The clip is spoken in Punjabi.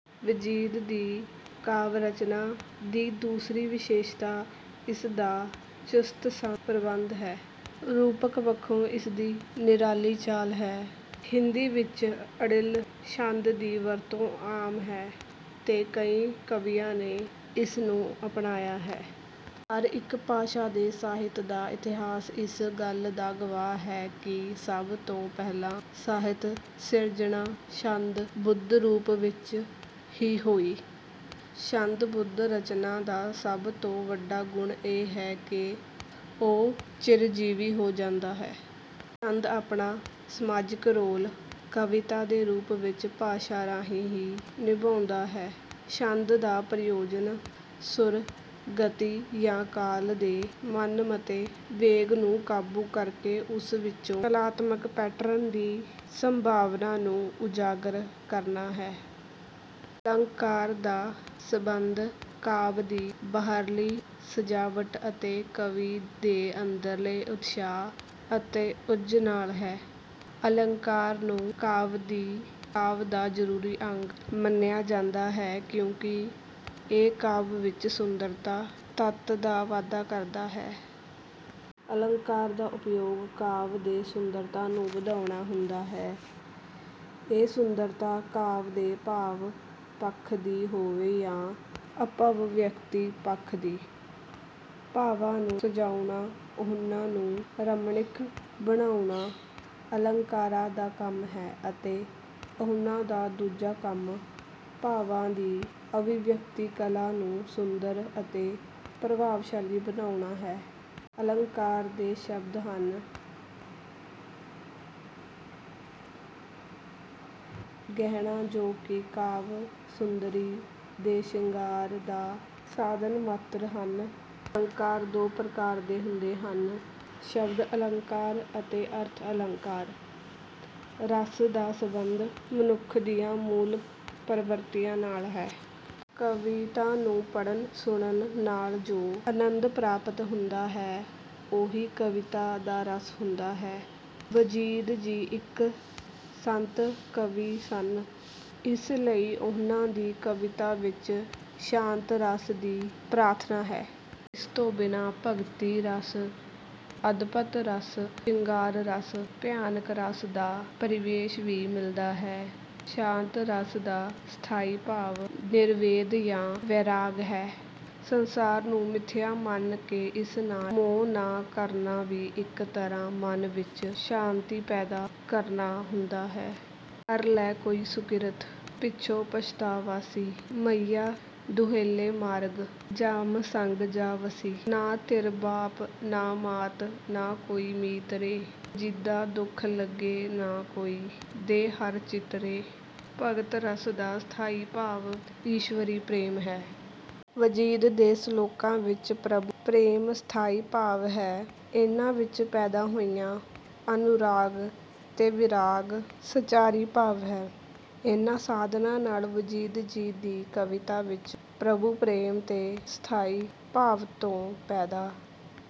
ਵਜੀਦ ਦੀ ਕਾਵਿ ਰਚਨਾ ਦੀ ਦੂਜੀ ਵਿਸ਼ੇਸ਼ਤਾ ਇਸਦਾ ਚੁਸਤ ਛੰਦ ਪ੍ਰਬੰਧ ਹੈ। ਰੂਪਕ ਪੱਖੋਂ ਇਸਦੀ ਨਿਰਾਲੀ ਚਾਲ ਹੈ। ਹਿੰਦੀ ਵਿੱਚ ਅੜਿੱਲ ਛੰਦ ਦੀ ਵਰਤੋਂ ਆਮ ਹੈ ਤੇ ਕਈ ਕਵੀਆਂ ਨੇ ਇਸਨੂੰ ਅਪਣਾਇਆ ਹੈ। ਹਰ ਇੱਕ ਭਾਸ਼ਾ ਦੇ ਸਾਹਿਤ ਦਾ ਇਤਿਹਾਸ ਇਸ ਗੱਲ ਦਾ ਗਵਾਹ ਹੈ ਕਿ ਸਭ ਤੋਂ ਪਹਿਲਾਂ ਸਾਹਿਤ ਸਿਰਜਣਾ ਛੰਦ ਬੱਧ ਰੂਪ ਵਿੱਚ ਹੀ ਹੋਈ। ਛੰਦ ਬੱਧ ਰਚਨਾ ਦਾ ਸਭ ਤੋਂ ਵੱਡਾ ਗੁਣ ਇਹ ਹੈ ਕਿ ਉਹ ਚਿਰਜੀਵੀ ਹੋ ਜਾਂਦੀ ਹੈ। ਛੰਦ ਆਪਣਾ ਸਮਾਜਕ ਰੋਲ ਕਵਿਤਾ ਦੇ ਰੂਪ ਵਿੱਚ ਭਾਸ਼ਾ ਰਾਹੀਂ ਹੀ ਨਿਭਾਉਂਦਾ ਹੈ। ਛੰਦ ਦਾ ਪ੍ਰਯੋਜਨ ਸੁਰ, ਗਤੀ ਜਾਂ ਕਾਲ ਦੇ ਮਨਮਤੇ ਵੇਗ ਨੂੰ ਕਾਬੂ ਕਰਕੇ ਉਸ ਵਿੱਚੋਂ ਕਲਾਤਮਕ ਪੈਟਰਨ ਦੀ ਸੰਭਾਵਨਾ ਨੂੰ ਉਜਾਗਰ ਕਰਨਾ ਹੈ। ਅਲੰਕਾਰ ਦਾ ਸੰਬੰਧ ਕਾਵਿ ਦੀ ਬਾਹਰਲੀ ਸਜਾਵਟ ਅਤੇ ਕਵੀ ਦੇ ਅੰਦਰਲੇ ਉਤਸ਼ਾਹ ਅਤੇ ਓਜ ਨਾਲ ਹੈ। ਅਲੰਕਾਰ ਨੂੰ ਕਾਵਿ ਦਾ ਜ਼ਰੂਰੀ ਅੰਗ ਮੰਨਿਆ ਜਾਂਦਾ ਹੈ ਕਿਉਂਕਿ ਇਹ ਕਾਵਿ ਵਿੱਚ ਸੁੰਦਰਤਾ ਤੱਤ ਦਾ ਵਾਧਾ ਕਰਦਾ ਹੈ। ਅਲੰਕਾਰਾਂ ਦਾ ਉਪਯੋਗ ਕਾਵਿ ਦੇ ਸੁੰਦਰਤਾ ਨੂੰ ਵਧਾਉਣਾ ਹੁੰਦਾ ਹੈ। ਇਹ ਸੁੰਦਰਤਾ ਕਾਵਿ ਦੇ ਭਾਵ ਪੱਖ ਦੀ ਹੋਵੇ ਜਾਂ ਅਭਿਵਿਅਕਤੀ ਪੱਖ ਦੀ। ਭਾਵਾਂ ਨੂੰ ਸਜਾਉਣਾ, ਉਨ੍ਹਾਂ ਨੂੰ ਰਮਣੀਕ ਬਣਾਉਣਾ ਅਲੰਕਾਰਾਂ ਦਾ ਕੰਮ ਹੈ ਅਤੇ ਉਨ੍ਹਾਂ ਦਾ ਦੂਜਾ ਕੰਮ ਭਾਵਾਂ ਦੀ ਅਭਿਵਿਅਕਤੀ ਕਲਾ ਨੂੰ ਸੁੰਦਰ ਅਤੇ ਪ੍ਰਭਾਵਸ਼ਾਲੀ ਬਣਾਉਣਾ ਹੈ। ਅਲੰਕਾਰ ਦੇ ਅਰਥ ਹਨ ਗਹਿਣਾ ਜੋ ਕਿ ਕਾਵਿ ਸੁੰਦਰੀ ਦੇ ਸ਼ਿੰਗਾਰ ਦਾ ਇੱਕ ਸਾਧਨ ਮਾਤਰ ਹਨ। ਅਲੰਕਾਰ ਦੋ ਪ੍ਰਕਾਰ ਦੇ ਹੁੰਦੇ ਹਨ ਸ਼ਬਦ ਅਲੰਕਾਰ ਅਤੇ ਅਰਥ ਅਲੰਕਾਰ। ਰਸ ਦਾ ਸੰਬੰਧ ਮਨੁੱਖ ਦੀਆਂ ਮੂਲ ਪ੍ਰਵਿਰਤੀਆਂ ਨਾਲ ਹੈ। ਕਵਿਤਾ ਨੂੰ ਪੜ੍ਹਨ ਸੁਣਨ ਨਾਲ ਜੋ ਅਨੰਦ ਪ੍ਰਾਪਤ ਹੁੰਦਾ ਹੈ ਉਹੀ ਕਵਿਤਾ ਦਾ ਰਸ ਹੁੰਦਾ ਹੈ। ਵਜੀਦ ਜੀ ਇੱਕ ਸੰਤ ਕਵੀ ਸਨ, ਇਸ ਲਈ ਉਨ੍ਹਾਂ ਦੀ ਕਵਿਤਾ ਵਿੱਚ ਸ਼ਾਂਤ ਰਸ ਦੀ ਪ੍ਰਥਨਤਾ ਹੈ। ਇਸ ਤੋਂ ਬਿਨਾਂ ਭਗਤੀ ਰਸ, ਅਦਭੁਤ ਰਸ, ਸ਼ਿੰਗਾਰ ਰਸ, ਭਿਆਨਕ ਰਸ ਦਾ ਪ੍ਰਵੇਸ਼ ਵੀ ਮਿਲਦਾ ਹੈ। ਸ਼ਾਂਤ ਰਸ ਦਾ ਸਥਾਈ ਭਾਵ ਨਿਰਵੇਦ ਜਾਂ ਵੈਰਾਗ ਹੈ। ਸੰਸਾਰ ਨੂੰ ਮਿਥਿਆ ਮੰਨ ਕੇ ਇਸ ਨਾਲ ਮੋਹ ਨਾ ਕਰਨਾ ਵੀ ਇੱਕ ਤਰ੍ਹਾਂ ਮਨ ਵਿੱਚ ਸ਼ਾਂਤੀ ਪੈਦਾ ਕਰਨਾ ਹੁੰਦਾ ਹੈ। "ਕਰ ਲੈ ਕੋਈ ਸੁਕ੍ਰਿਤ, ਪਿਛੋਂ ਪਛਤਾਵਸੀ। ਮੁਇਆਂ ਦੁਹੇਲੇ ਮਾਰਗ, ਜਮ ਸੰਗਿ ਜਾਵਸੀ। ਨਾ ਥਿਰ ਬਾਪੁ ਨ ਮਾਤੁ, ਨ ਕੋਈ ਮੀਤ ਰੇ। ਵਜੀਦਾ ਦੁਖ ਲਗੇ ਨ ਕੋਇ, ਦੇ ਹਰਿ ਚੀਤੁ ਰੇ।" ਭਗਤੀ ਰਸ ਦਾ ਸਥਾਈ ਭਾਵ ਈਸ਼ਵਰੀ ਪ੍ਰੇਮ ਹੈ। ਵਜੀਦ ਦੇ ਸਲੋਕਾਂ ਵਿੱਚ ਪ੍ਰਭੂ ਪ੍ਰੇਮ ਸਥਾਈ ਭਾਵ ਹੈ। ਇਨ੍ਹਾਂ ਵਿੱਚ ਪੈਦਾ ਹੋਇਆ ਅਨੁਰਾਗ ਤੇ ਵੈਰਾਗ ਸੰਚਾਰੀ ਭਾਵ ਹੈ। ਇਨ੍ਹਾਂ ਸਾਧਨਾਂ ਨਾਲ ਵਜੀਦ ਜੀ ਦੀ ਕਵਿਤਾ ਵਿੱਚ ਪ੍ਰਭੂ ਪ੍ਰੇਮ ਦੇ ਸਥਾਈ ਭਾਵ ਤੋਂ ਪੈਂਦਾ।